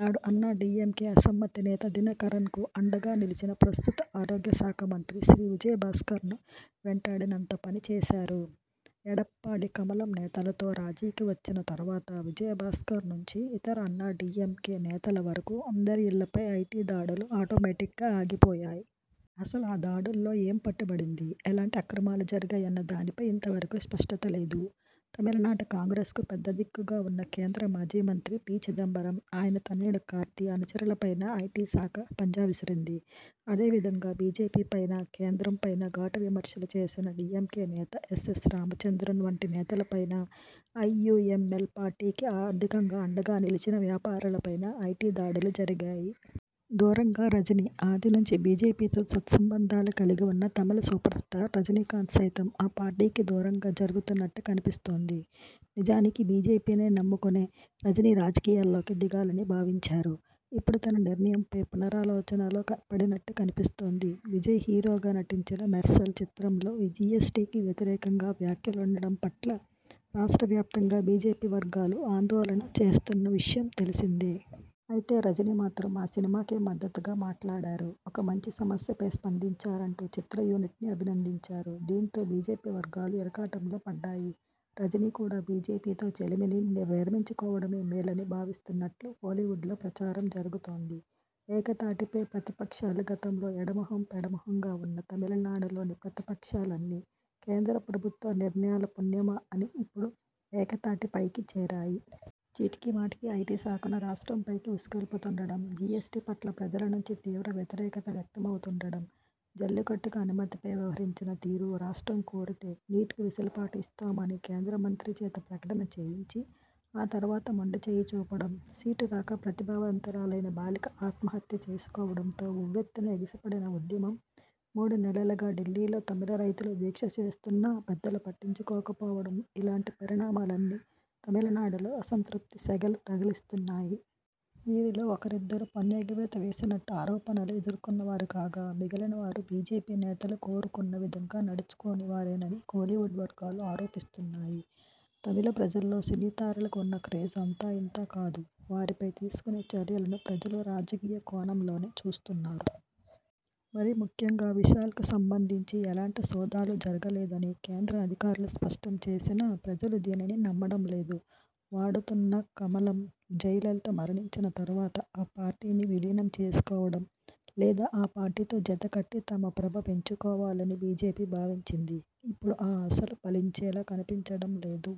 నాడు అన్నాడీఎంకే అసమ్మతి నేత దినకరన్కు అండగా నిలిచిన ప్రస్తుత ఆరోగ్యశాఖ మంత్రి సి. విజయ భాస్కర్ను వెంటాడినంత పని చేశారు. ఎడప్పాడి కమలం నేతలతో రాజీకి వచ్చిన తర్వాత విజయ భాస్కర్ నుంచి ఇతర అన్నాడీఎంకే నేతల వరకు అందరి ఇళ్లపై ఐటీ దాడులు ఆటోమేటిక్గా ఆగిపోయాయి. అసలు ఆ దాడుల్లో ఏం పట్టుబడింది, ఎలాంటి అక్రమాలు జరిగాయన్నదానిపై ఇంతవరకూ స్పష్టత లేదు. తమిళనాట కాంగ్రె్సకు పెద్దదిక్కుగా వున్న కేంద్ర మాజీమంత్రి పి. చిదంబరం, ఆయన తనయుడు కార్తీ, అనుచరులపైనా ఐటీశాఖ పంజా విసిరింది. అదే విధంగా బీజేపీపైనా, కేంద్రంపైనా ఘాటు విమర్శలు చేసిన డీఎంకే నేత ఎస్ఎస్ రామచంద్రన్ వంటి నేతలపైనా, ఐయూఎంఎల్ పార్టీకి ఆర్థికంగా అండగా నిలిచిన వ్యాపారులపైనా ఐటీ దాడులు జరిగాయి. దూరంగా రజనీ! ఆది నుంచి బీజేపీతో సత్సంబంధాలు కలిగివున్న తమిళ సూపర్స్టార్ రజనీకాంత్ సైతం ఆ పార్టీకి దూరంగా జరుగుతున్నట్లు కనిపిస్తోంది. నిజానికి బీజేపీని నమ్ముకునే రజనీ రాజకీయాల్లోకి దిగాలని భావించారు. ఇప్పుడు తన నిర్ణయంపై పునరాలోచనలో పడినట్లు కనిపిస్తోంది. విజయ్ హీరోగా నటించిన 'మెర్సల్' చిత్రంలో జీఎస్టీకి వ్యతిరేకంగా వ్యాఖ్యలుండడం పట్ల రాష్ట్ర వ్యాప్తంగా బీజేపీ వర్గాలు ఆందోళన చేస్తున్న విషయం తెలిసిందే. అయితే, రజనీ మాత్రం ఆ సినిమాకే మద్దతుగా మాట్లాడారు. ఒక మంచి సమస్యపై స్పందించారంటూ చిత్ర యూనిట్ను అభినందించారు. దీంతో బీజేపీ వర్గాలు ఇరకాటంలో పడ్డాయి. రజనీ కూడా బీజేపీతో చెలిమిని విరమించుకోవడమే మేలని భావిస్తున్నట్లు కోలీవుడ్లో ప్రచారం జరుగుతోంది. ఏకతాటిపై ప్రతిపక్షాలుగతంలో ఎడమొహం పెడమొహంగా ఉన్న తమిళనాడులోని ప్రతిపక్షాలన్నీ కేంద్ర ప్రభుత్వ నిర్ణయాల పుణ్యమా అని ఇప్పుడు ఏకతాటిపైకి చేరాయి. చీటికిమాటికీ ఐటీ శాఖను రాష్ట్రంపైకి ఉసిగొల్పుతుండడం, జీఎస్టీ పట్ల ప్రజల నుంచి తీవ్ర వ్యతిరేకత వ్యక్తమవుతుండడం, జల్లికట్టుకు అనుమతిపై వ్యవహరించిన తీరు, రాష్ట్రం కోరితే నీట్కు వెసులుబాటు ఇస్తామని కేంద్రమంత్రి చేత ప్రకటన చేయించి, ఆ తరువాత మొండిచేయి చూపడం, సీటు రాక ప్రతిభావంతురాలైన బాలిక ఆత్మహత్య చేసుకోవడంతో ఉవ్వెత్తున ఎగసిపడిన ఉద్యమం, మూడు నెలలుగా ఢిల్లీలో తమిళ రైతులు దీక్ష చేస్తున్నా పెద్దలు పట్టించుకోకపోవడం ఇలాంటి పరిణామాలన్నీ తమిళనాడులో అసంతృప్తి సెగలు రగిలిస్తున్నాయి. వీరిలో ఒకరిద్దరు పన్ను ఎగవేత వేసినట్లు ఆరోపణలు ఎదుర్కొన్నవారు కాగా మిగిలిన వారు బీజేపీ నేతలు కోరుకున్న విధంగా నడుచుకోని వారేనని కోలీవుడ్ వర్గాలు ఆరోపిస్తున్నాయి. తమిళ ప్రజల్లో సినీ తారలకు ఉన్న క్రేజ్ అంతా ఇంతా కాదు. వారిపై తీసుకునే చర్యలను ప్రజలు 'రాజకీయ కోణం'లోనే చూస్తున్నారు. మరీముఖ్యంగా విశాల్కు సంబంధించి ఎలాంటి సోదాలూ జరగలేదని కేంద్ర అధికారులు స్పష్టం చేసినా, ప్రజలు దీనిని నమ్మడంలేదు. వాడుతున్న కమలం! జయలలిత మరణించిన తరువాత ఆ పార్టీని విలీనం చేసుకోవడం, లేదా ఆ పార్టీతో జతకట్టి తమ ప్రభ పెంచుకోవాలని బీజేపీ భావించింది. ఇప్పుడు ఆ ఆశలు ఫలించేలా కనిపించడంలేదు.